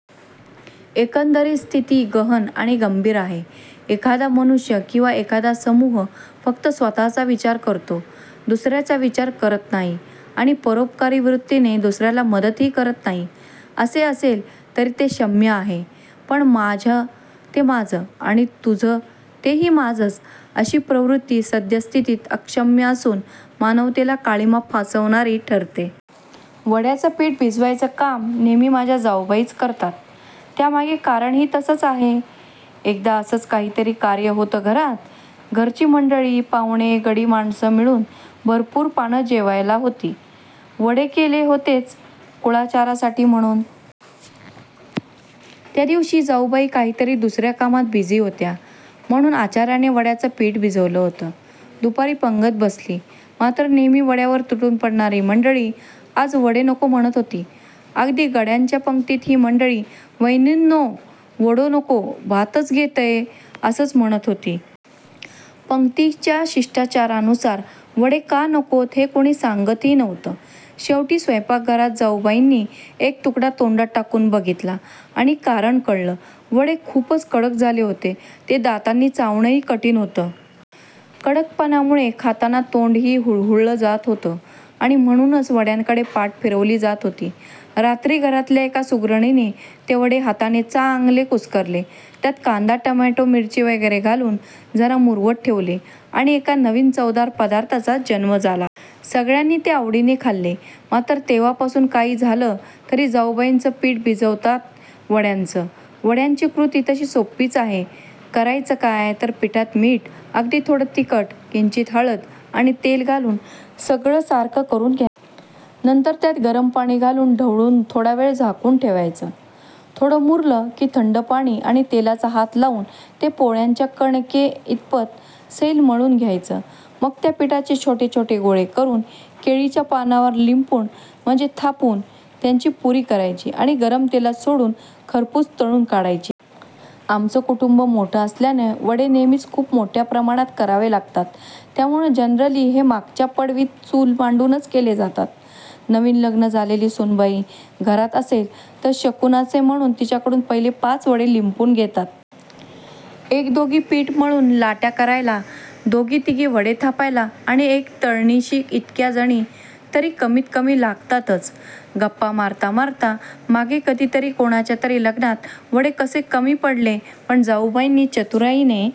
एकंदरीत स्थिती गहन आणि गंभीर आहे. एखादा मनुष्य किंवा एखादा समूह फक्त स्वतःचा विचार करतो, दुसऱ्याचा विचार करत नाही आणि परोपकारी वृत्तीने दुसऱ्याला मदतही करत नाही, असे असेल तरी ते क्षम्य आहे; पण "माझं ते माझं आणि तुझं तेही माझंच" अशी प्रवृत्ती सद्यस्थितीत अक्षम्य असून मानवतेला काळिमा फासणारी ठरते. वड्याचं पीठ भिजवायचं काम नेहमी माझ्या जाऊबाईच करतात. त्यामागे कारण ही तसंच आहे. एकदा असंच काहीतरी कार्य होतं घरात. घरची मंडळी, पाव्हणे, गडी माणसं मिळून भरपूर पानं जेवायला होती. वडे केले होतेच कुळाचारासाठी म्हणून. त्या दिवशी जाऊबाई काहीतरी दुसऱ्या कामात बिझी होत्या म्हणून आचाऱ्याने वड्याचं पीठ भिजवलं होतं. दुपारी पंगत बसली. मात्र नेहमी वड्यांवर तुटून पडणारी मंडळी आज वडे नको म्हणत होती. अगदी गड्यांच्या पंगतीत ही मंडळी " वैनीनू, वडो नको, भातचं घेतंय " असंच म्हणत होती. पंगतीच्या शिष्टाचारा नुसार वडे का नकोत हे कोणी सांगत ही नव्हतं. शेवटी सैपाकघरात जाऊबाईंनी एक तुकडा तोंडात टाकून बघितला आणि कारण कळलं. वडे खूपच कडक झाले होते. ते दातांनी चावण ही कठीण होत. कडकपणामुळे खाताना तोंड ही हुळहुळलं जात होतं आणि म्हणूनच वड्यांकडे पाठ फिरवली जात होती. रात्री घरातल्या एका सुगरणीने ते वडे हाताने चांगले कुस्करले. त्यात कांदा टोमॅटो मिरची वैगेरे घालून जरा मुरवत ठेवले आणि एका नवीन चवदार पदार्थाचा जन्म झाला. सगळ्यांनी ते आवडीने खाल्ले. मात्र तेव्हापासून काही झालं तरी जाऊबाईच पीठ भिजवतात वड्याचं. वड्याची कृती तशी सोपीच आहे. करायचं काय तर पिठात मीठ, अगदी थोडं तिखट, किंचित हळद आणि तेल घालून सगळं सारखं करून घ्यायचं. नंतर त्यात गरम पाणी घालून ढवळून थोडा वेळ झाकून ठेवायचं. थोडं मुरलं की थंड पाणी आणि तेलाचा हात लावून ते पोळ्यांच्या कणके इतपत सैल मळून घ्यायचं. मग त्या पिठाचे छोटे छोटे गोळे करून केळीच्या पानावर लिपुन म्हणजेच थापून त्याची पुरी करायची आणि गरम तेलात सोडून खरपूस तळून काढायचे. आमचं कुटुंब मोठं असल्याने वडे नेहमीच खूप मोठया प्रमाणात करावे लागतात. त्यामुळे जनरली हे मागच्या पडवीत चूल मांडूनच केले जातात. नवीन लग्न झालेली सुनबाई घरात असेल तर शकुनाचे म्हणून तिच्याकडून पहिले पाच वडे लिपुन घेतात. एक दोघी पीठ मळून लाट्या करायला, दोघी तिघी वडे थापायला आणि एक तळणीशी इतक्या जणी तरी कमीत कमी लागतातच. गप्पा मारत मारत मागे कधीतरी कोणाच्या तरी लग्नात वडे कसे कमी पडले पण जाऊबाईंनी चतुराईने